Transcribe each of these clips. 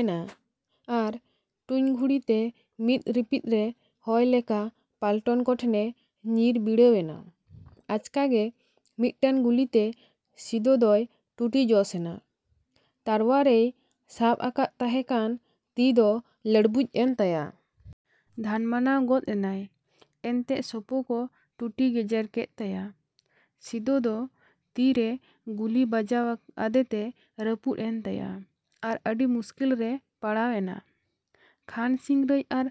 ᱮᱱᱟ ᱟᱨ ᱴᱩᱧ ᱜᱷᱩᱲᱤᱛᱮ ᱢᱤᱫ ᱨᱤᱯᱤᱫ ᱨᱮ ᱦᱚᱭ ᱞᱮᱠᱟ ᱯᱟᱞᱴᱚᱱ ᱠᱚ ᱴᱷᱮᱱ ᱮ ᱧᱤᱨ ᱵᱤᱨᱟᱹᱣᱮᱱᱟ᱾ ᱟᱪᱠᱟ ᱜᱮ ᱢᱤᱫᱴᱟᱝ ᱜᱩᱞᱤᱛᱮ ᱥᱤᱫᱚ ᱫᱚᱭ ᱴᱩᱴᱤ ᱡᱚᱥ ᱮᱱᱟ᱾ ᱛᱟᱨᱣᱟᱲᱮᱭ ᱥᱟᱵ ᱟᱠᱟᱫ ᱛᱟᱦᱮᱸ ᱠᱟᱱ ᱛᱤ ᱫᱚ ᱞᱟᱹᱵᱽᱲᱩᱡ ᱮᱱ ᱛᱟᱭᱟ᱾ ᱫᱷᱟᱱ ᱢᱟᱱᱟᱶ ᱜᱚᱫ ᱮᱱᱟᱭ ᱮᱱᱛᱮ ᱥᱳᱯᱳ ᱠᱚ ᱴᱩᱴᱤ ᱜᱮᱡᱮᱨ ᱠᱮᱫ ᱛᱟᱭᱟ᱾ ᱥᱤᱫᱚ ᱫᱚ ᱛᱤᱨᱮ ᱜᱩᱞᱤ ᱵᱟᱡᱟᱣ ᱟᱫᱮᱛᱮ ᱨᱟᱹᱯᱩᱫ ᱮᱱ ᱛᱟᱭᱟ ᱟᱨ ᱟᱹᱰᱤ ᱢᱩᱥᱠᱤᱞ ᱨᱮᱭ ᱯᱟᱲᱟᱣ ᱮᱱᱟ᱾ ᱠᱷᱟᱱ ᱥᱤᱝᱨᱟᱹᱭ ᱟᱨ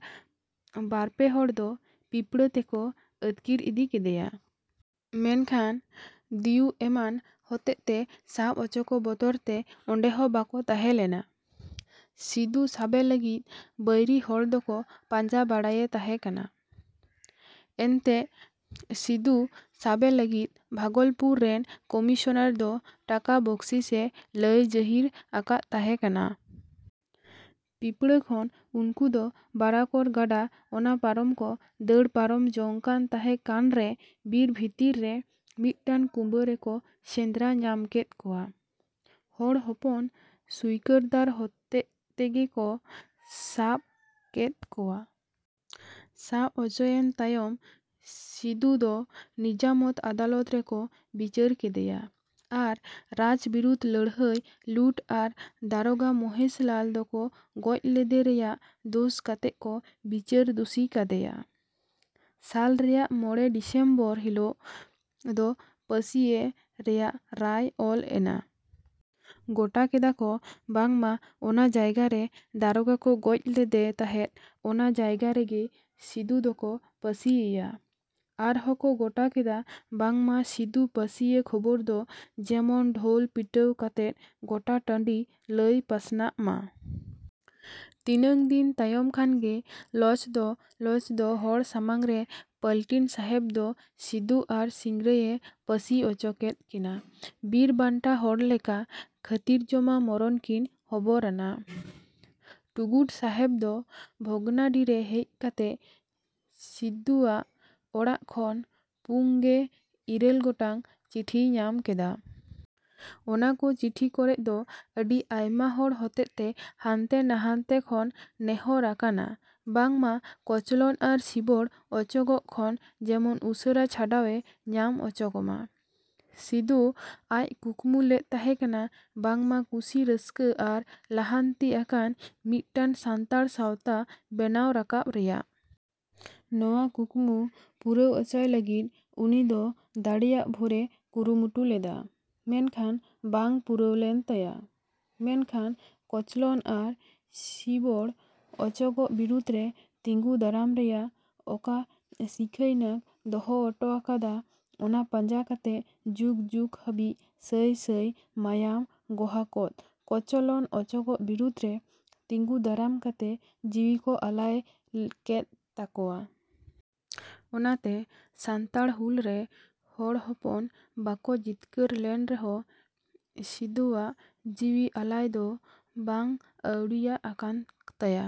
ᱵᱟᱨ ᱯᱮ ᱦᱚᱲ ᱫᱚ ᱯᱤᱯᱲᱟᱹ ᱛᱮᱠᱚ ᱟᱹᱛᱠᱤᱨ ᱤᱫᱤ ᱠᱮᱫᱮᱭᱟ᱾ ᱢᱮᱱᱠᱷᱟᱱ ᱫᱤᱩ ᱮᱢᱟᱱ ᱦᱚᱛᱮᱛᱮ ᱥᱟᱵ ᱚᱪᱚᱜ ᱵᱚᱛᱚᱨ ᱛᱮ ᱚᱸᱰᱮ ᱦᱚᱸ ᱵᱟᱠᱚ ᱛᱟᱦᱮᱸ ᱞᱮᱱᱟ᱾ ᱥᱤᱫᱚ ᱥᱟᱵᱮ ᱞᱟᱹᱜᱤᱫ ᱵᱟᱹᱭᱨᱤ ᱦᱚᱲ ᱫᱚᱠᱚ ᱯᱟᱸᱡᱟ ᱵᱟᱲᱟᱭᱮ ᱛᱟᱦᱮᱸ ᱠᱟᱱᱟ᱾ ᱮᱱᱛᱮ ᱥᱤᱫᱚ ᱥᱟᱵᱮ ᱞᱟᱹᱜᱤᱫ ᱵᱷᱟᱜᱚᱞᱯᱩᱨ ᱨᱮᱱ ᱠᱚᱢᱤᱥᱚᱱᱟᱨ ᱫᱚ ᱴᱟᱠᱟ ᱵᱟᱹᱠᱥᱤᱥ ᱮ ᱞᱟᱹᱭ ᱡᱟᱹᱦᱤᱨ ᱟᱠᱟᱫ ᱛᱟᱦᱮᱸ ᱠᱟᱱᱟ᱾ ᱯᱤᱯᱲᱟᱹ ᱠᱷᱚᱱ ᱩᱱᱠᱩ ᱫᱚ ᱵᱟᱨᱟᱠᱚᱨ ᱜᱟᱰᱟ ᱚᱱᱟ ᱯᱟᱨᱚᱢ ᱠᱚ ᱫᱟᱹᱲ ᱯᱟᱨᱚᱢ ᱡᱚᱝ ᱠᱟᱱ ᱛᱟᱦᱮᱸ ᱠᱟᱱ ᱨᱮ ᱵᱤᱨ ᱵᱷᱤᱛᱨᱤ ᱨᱮ ᱢᱤᱫᱴᱟᱝ ᱠᱩᱸᱵᱟᱹ ᱨᱮᱠᱚ ᱥᱮᱸᱫᱽᱨᱟ ᱧᱟᱢ ᱠᱮᱫ ᱠᱚᱣᱟ᱾ ᱦᱚᱲ ᱦᱚᱯᱚᱱ ᱥᱩᱭᱠᱟᱹᱨᱫᱟᱨ ᱦᱚᱛᱮ ᱛᱮᱜᱮ ᱠᱚ ᱥᱟᱵ ᱠᱮᱫ ᱠᱚᱣᱟ᱾ ᱥᱟᱵ ᱚᱪᱚᱭᱮᱱ ᱛᱟᱭᱚᱢ ᱥᱤᱫᱚ ᱫᱚ ᱱᱤᱡᱟᱢᱟᱛ ᱟᱫᱟᱞᱚᱛ ᱨᱮᱠᱚ ᱵᱤᱪᱟᱹᱨ ᱠᱮᱫᱮᱭᱟ ᱟᱨ ᱨᱟᱡᱽ ᱵᱤᱨᱩᱫᱽ ᱞᱟᱹᱲᱦᱟᱹᱭ ᱞᱩᱴ ᱟᱨ ᱫᱟᱨᱚᱜᱟ ᱢᱚᱦᱮᱥᱞᱟᱞ ᱫᱚᱠᱚ ᱜᱚᱡ ᱞᱮᱫᱮ ᱨᱮᱭᱟᱜ ᱫᱳᱥ ᱠᱟᱛᱮ ᱠᱚ ᱵᱤᱪᱟᱹᱨ ᱫᱩᱥᱤ ᱠᱮᱫᱮᱭᱟ᱾ ᱥᱟᱞ ᱨᱮᱭᱟᱜ ᱢᱚᱲᱮ ᱰᱤᱥᱮᱢᱵᱚᱨ ᱦᱤᱞᱚᱜ ᱫᱚ ᱯᱟᱹᱥᱤ ᱮ ᱨᱮᱭᱟᱜ ᱨᱟᱭ ᱚᱠ ᱮᱱᱟ᱾ ᱜᱚᱴᱟ ᱠᱮᱫ-ᱟ ᱠᱚ ᱵᱟᱝᱢᱟ ᱚᱠᱟ ᱡᱟᱭᱜᱟ ᱨᱮ ᱫᱟᱨᱚᱜᱟ ᱠᱚ ᱜᱚᱡ ᱞᱮᱫᱮ ᱛᱟᱦᱮᱸᱫ ᱚᱱᱟ ᱡᱟᱭᱜᱟ ᱨᱮᱜᱮ ᱥᱤᱫᱚ ᱫᱚᱠᱚ ᱯᱟᱹᱥᱤ ᱮᱭᱟ᱾ ᱟᱨ ᱦᱚᱸᱠᱚ ᱜᱚᱴᱟ ᱠᱮᱫ-ᱟ ᱵᱟᱝᱢᱟ ᱥᱤᱫᱚ ᱯᱟᱹᱥᱤᱭᱮ ᱠᱷᱚᱵᱚᱨ ᱫᱚ ᱡᱮᱢᱚᱱ ᱰᱷᱳᱞ ᱯᱤᱴᱟᱹᱣ ᱠᱟᱛᱮ ᱜᱚᱴᱟ ᱴᱟ:ᱰᱤ ᱞᱟᱹᱭ ᱯᱟᱥᱱᱟᱣ ᱢᱟ᱾ ᱛᱤᱱᱟᱹᱝ ᱫᱤᱱ ᱛᱟᱭᱚᱢ ᱠᱷᱟᱱ ᱜᱮ ᱞᱚᱪᱚᱫ ᱞᱚᱪᱚᱫ ᱦᱚᱲ ᱥᱟᱢᱟᱝ ᱨᱮ ᱯᱟᱹᱞᱴᱤᱱ ᱥᱟᱦᱮᱵᱽ ᱫᱚ ᱥᱤᱫᱚ ᱟᱨ ᱥᱤᱝᱨᱟᱹᱭ ᱮ ᱯᱟᱹᱥᱤ ᱚᱪᱚ ᱠᱮᱫ ᱠᱤᱱᱟ ᱵᱤᱨᱵᱽᱟᱱᱴᱟ ᱦᱚᱲ ᱞᱮᱠᱟ ᱠᱷᱟᱹᱛᱤᱨᱡᱚᱢᱟ ᱢᱚᱨᱚᱱ ᱠᱤᱱ ᱦᱚᱵᱚᱨᱟᱱᱟ᱾ ᱴᱩᱜᱩᱰ ᱥᱟᱦᱮᱵᱽ ᱫᱚ ᱵᱷᱚᱜᱽᱱᱟᱰᱤ ᱨᱮ ᱦᱮᱡ ᱠᱟᱛᱮ ᱥᱤᱫᱚᱣᱟᱜ ᱚᱲᱟᱜ ᱠᱷᱚᱱ ᱯᱩᱝᱜᱮ ᱤᱨᱟᱹᱞ ᱜᱚᱴᱟᱝ ᱪᱤᱴᱷᱤᱭ ᱧᱟᱢ ᱠᱮᱫ-ᱟ᱾ ᱚᱱᱟ ᱠᱚ ᱪᱤᱴᱷᱤ ᱠᱚᱨᱮ ᱫᱚ ᱟᱹᱰᱤ ᱟᱭᱢᱟ ᱦᱚᱲ ᱦᱚᱛᱮᱛᱮ ᱦᱟᱱᱛᱮ ᱱᱷᱟᱛᱮ ᱠᱷᱚᱱ ᱱᱮᱦᱚᱸᱨ ᱟᱠᱟᱱᱟ ᱵᱟᱝ ᱢᱟ ᱠᱚᱪᱞᱚᱱ ᱟᱨ ᱥᱤᱵᱚᱲ ᱚᱪᱚᱜ ᱠᱷᱚᱱ ᱡᱮᱢᱚᱱ ᱩᱥᱟᱹᱨᱟ ᱪᱷᱟᱰᱟᱣᱮ ᱧᱟᱢ ᱚᱪᱚ ᱠᱚ ᱢᱟ᱾ ᱥᱤᱫᱚ ᱫᱚᱭ ᱠᱩᱠᱢᱩ ᱞᱮᱫ ᱛᱟᱦᱮᱸ ᱠᱟᱱᱟ ᱵᱟᱝ ᱢᱟ ᱠᱩᱥᱤ ᱨᱟᱹᱥᱠᱟᱹ ᱟᱨ ᱞᱟᱦᱟᱱᱛᱤ ᱟᱠᱟᱱ ᱢᱤᱫᱴᱟᱝ ᱥᱟᱱᱛᱟᱲ ᱥᱟᱶᱛᱟ ᱵᱮᱱᱟᱣ ᱨᱟᱠᱟᱵ ᱨᱮᱭᱟᱜ᱾ ᱱᱚᱶᱟ ᱠᱩᱠᱢᱩ ᱯᱩᱨᱟᱹᱣ ᱚᱪᱚᱭ ᱞᱟᱹᱜᱤᱫ ᱩᱱᱤ ᱫᱚ ᱫᱟᱲᱮᱭᱟᱜ ᱵᱷᱳᱨ ᱮ ᱠᱩᱨᱩᱢᱩᱴᱩ ᱞᱮᱫ-ᱟ᱾ ᱢᱮᱱᱠᱷᱟᱱ ᱵᱟᱝ ᱯᱩᱨᱟᱹᱣ ᱞᱮᱱ ᱛᱟᱭᱟ ᱾ᱢᱮᱱᱠᱷᱟᱱ ᱠᱚᱪᱚᱞᱚᱱ ᱟᱨ ᱥᱤᱵᱚᱲ ᱚᱪᱚᱜ ᱵᱤᱨᱩᱫᱽᱨᱮ ᱛᱤᱸᱜᱩ ᱫᱟᱨᱟᱢ ᱨᱮᱭᱟᱜ ᱚᱠᱟ ᱥᱤᱠᱷᱟᱹᱣᱱᱟᱜ ᱫᱚᱦᱚ ᱚᱴᱚ ᱟᱠᱟᱫ-ᱟ ᱚᱱᱟ ᱯᱟᱸᱡᱟ ᱠᱟᱛᱮ ᱡᱩᱜᱽ ᱡᱩᱜᱽ ᱦᱟᱹᱵᱤᱡ ᱥᱟᱹᱭ ᱥᱟᱹᱭ ᱢᱟᱭᱟᱢ ᱜᱚᱦᱟᱠᱚ ᱫᱚ ᱠᱚᱪᱞᱚᱱ ᱚᱪᱚᱜ ᱵᱤᱨᱩᱫᱽ ᱨᱮ ᱛᱤᱸᱜᱩ ᱫᱟᱨᱟᱢ ᱠᱟᱛᱮ ᱡᱤᱣᱤ ᱠᱚ ᱟᱞᱟᱭ ᱠᱮᱫ ᱛᱟᱠᱚᱣᱟ᱾ ᱚᱱᱟᱛᱮ ᱥᱟᱱᱛᱟᱲ ᱦᱩᱞ ᱨᱮ ᱦᱚᱲ ᱦᱚᱯᱚᱱ ᱵᱟᱠᱚ ᱡᱤᱛᱠᱟᱹᱨ ᱞᱮᱱ ᱨᱮᱦᱚᱸ ᱥᱤᱫᱚᱣᱟᱜ ᱡᱤᱣᱤ ᱟᱞᱟᱭ ᱫᱚ ᱵᱟᱝ ᱟᱹᱣᱲᱤᱭᱟᱜ ᱟᱠᱟᱱ ᱛᱟᱭᱟ᱾।